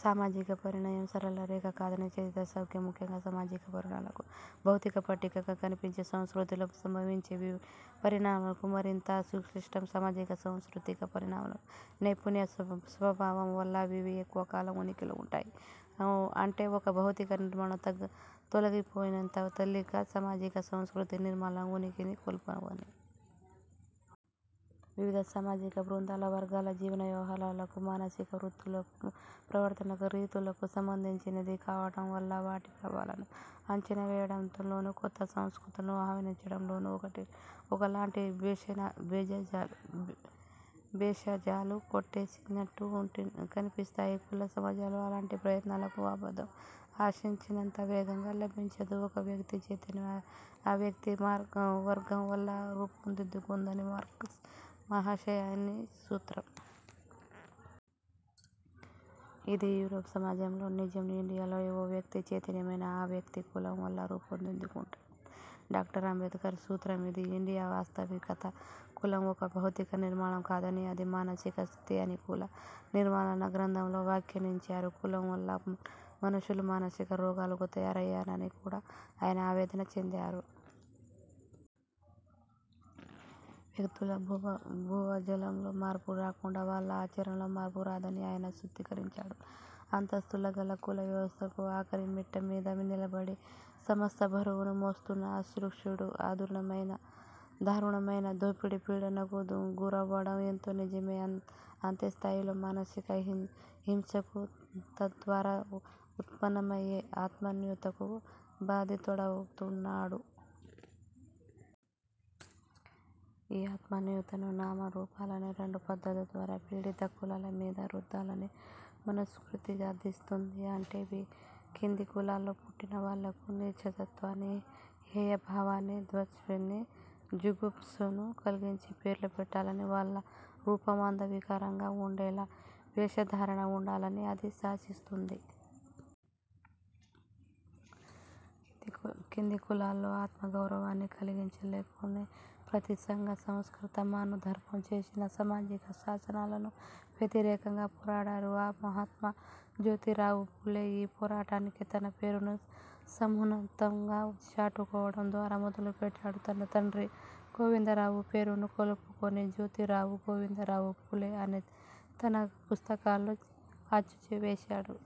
సామాజిక పరిణామం సరళ రేఖ కాదని చరిత్ర సాక్ష్యం. ముఖ్యంగా సామాజిక పరిణామాలకు భౌతిక పట్టికగా కనిపించే సంస్కృతిలో సంభవించే పరిణామాలు మరింత సంక్లిష్టం. సామాజిక, సాంస్కృతిక పరిణామాలు నైరూప్య స్వభావం వల్ల అవి ఎక్కువ కాలం ఉనికిలో వుంటాయి. అంటే, ఒక భౌతిక నిర్మాణం తొలగిపోయినంత తేలిగ్గా, సామాజిక సాంస్కృతిక నిర్మాణాలు ఉనికిని కోల్పోవని. వివిధ సామాజిక బృందాల, వర్గాల జీవన వ్యవహారాలకూ, మానసిక వృత్తులకూ, ప్రవర్తనా రీతులకూ సంబంధించినవి కావటం వల్ల వాటి ప్రభావాలను అంచనా వేయటంలోనూ కొత్త సంస్కృతులను ఆహ్వానించటంలోనూ ఒకలాంటి బేషజాలు కొట్టొచ్చినట్టు కనిపిస్తాయి. కుల సమాజంలో అలాంటి ప్రయత్నాలకు ఆమోదం ఆశించినంత వేగంగా లభించదు. ఒక వ్యక్తి చైతన్యం ఆ వ్యక్తి వర్గం వల్ల రూపుదిద్దుకుందని మార్క్స్ మహాశయుని సూత్రం. ఇది యూరప్ సమాజంలో నిజం. ఇండియాలో ఏ వ్యక్తి చైతన్యమైనా, ఆ వ్యక్తి కులం వల్ల రూపుదిద్దుకుంటుందని డాక్టర్ అంబేడ్కర్ సూత్రం. ఇది ఇండియా వాస్తవికత. కులం ఒక భౌతిక నిర్మాణం కాదనీ, అది మానసిక స్థితి అని 'కుల నిర్మూలన' గ్రంథంలో వ్యాఖ్యానించారు. కులం వల్ల మనుషులు మానసిక రోగులుగా తయారయ్యారని కూడా ఆయన ఆవేదన చెందారు. వ్యక్తుల భావజాలంలో మార్పు రాకుండా వాళ్ల ఆచరణలో మార్పు రాదని ఆయన సూత్రీకరించాడు. అంతస్థులు గల కుల వ్యవస్థలో ఆఖరిమెట్టు మీద నిలబడి, సమస్త బరువును మోస్తున్న అస్పృశ్యుడు దారుణమైన దోపిడీ పీడనకు గురవ్వటం ఎంత నిజమో, అంతే స్థాయిలో మానసిక హింసకూ, తద్వారా ఉత్పన్నమయ్యే ఆత్మన్యూనతకూ బాధితుడవుతున్నాడు. ఈ ఆత్మన్యూనతను నామ, రూపాలనే రెండు పద్ధతుల ద్వారా పీడిత కులాల మీద రుద్దాలని మనుస్మృతి ఆదేశిస్తుంది. అంటే, కింది కులాల్లో పుట్టిన వాళ్లకు నీచత్వాన్నీ, హేయభావాన్నీ, దాస్యాన్నీ, జుగుప్సనూ కల్పించే పేర్లు పెట్టాలనీ, వాళ్ల రూపం అంద వికారంగా వుండేలా వేషధారణ వుండాలని అది శాసిస్తుంది. కింది కులాల్లో ఆత్మగౌరవాన్ని కలిగించాలనుకొనే ప్రతి సంఘ సంస్కర్త మనుధర్మం చేసిన సామాజిక శాసనాలను వ్యతిరేకంగా పోరాడారు. మహాత్మ జ్యోతిరావు ఫూలే ఈ పోరాటానికి తన పేరును సమున్నతంగా చాటుకోవటం ద్వారా మొదలుపెట్టాడు. తన తండ్రి గోవిందరావు పేరును కలుపుకొని 'జ్యోతిరావు గోవిందరావు ఫూలే' అని తన పుస్తకాల్లో అచ్చువేశాడు.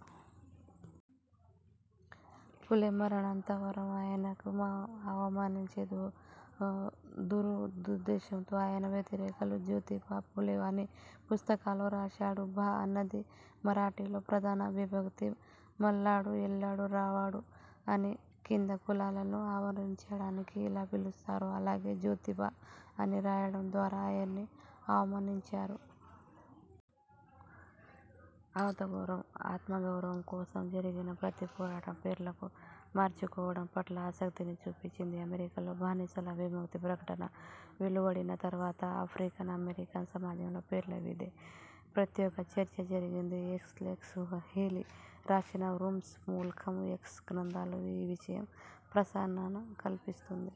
ఫూలే మరణానంతరం ఆయన్ని అవమానించే దురుద్దేశంతో ఆయన వ్యతిరేకులు 'జ్యోతిబా ఫూలే' అని పుస్తకాల్లో రాశారు. 'బా' అన్నది మరాఠీలో ప్రథమా విభక్తి. మల్లడు, ఎల్లడు, రావడు అని కింది కులాలను అవమానించడానికి ఎలా పిలుస్తారో, అలాగే జ్యోతిబా అని రాయటం ద్వారా ఆయన్ని అవమానించారు. ఆత్మగౌరవం కోసం జరిగిన ప్రతిపోరాటం పేర్లు మార్చుకోవటం పట్ల ఆసక్తిని చూపించింది. అమెరికాలో బానిసల 'విముక్తి ప్రకటన' వెలువడిన తర్వాత ఆఫ్రికన్ అమెరికన్ సమాజంలో పేర్ల మీదే ప్రత్యేక చర్చ జరిగింది. ఎక్సలెక్స్ హేలీ రాసిన 'రూమ్స్', 'మాల్కం ఎక్స్' గ్రంథాల్లో ఈ విషయం ప్రస్తానన కన్పిస్తుంది.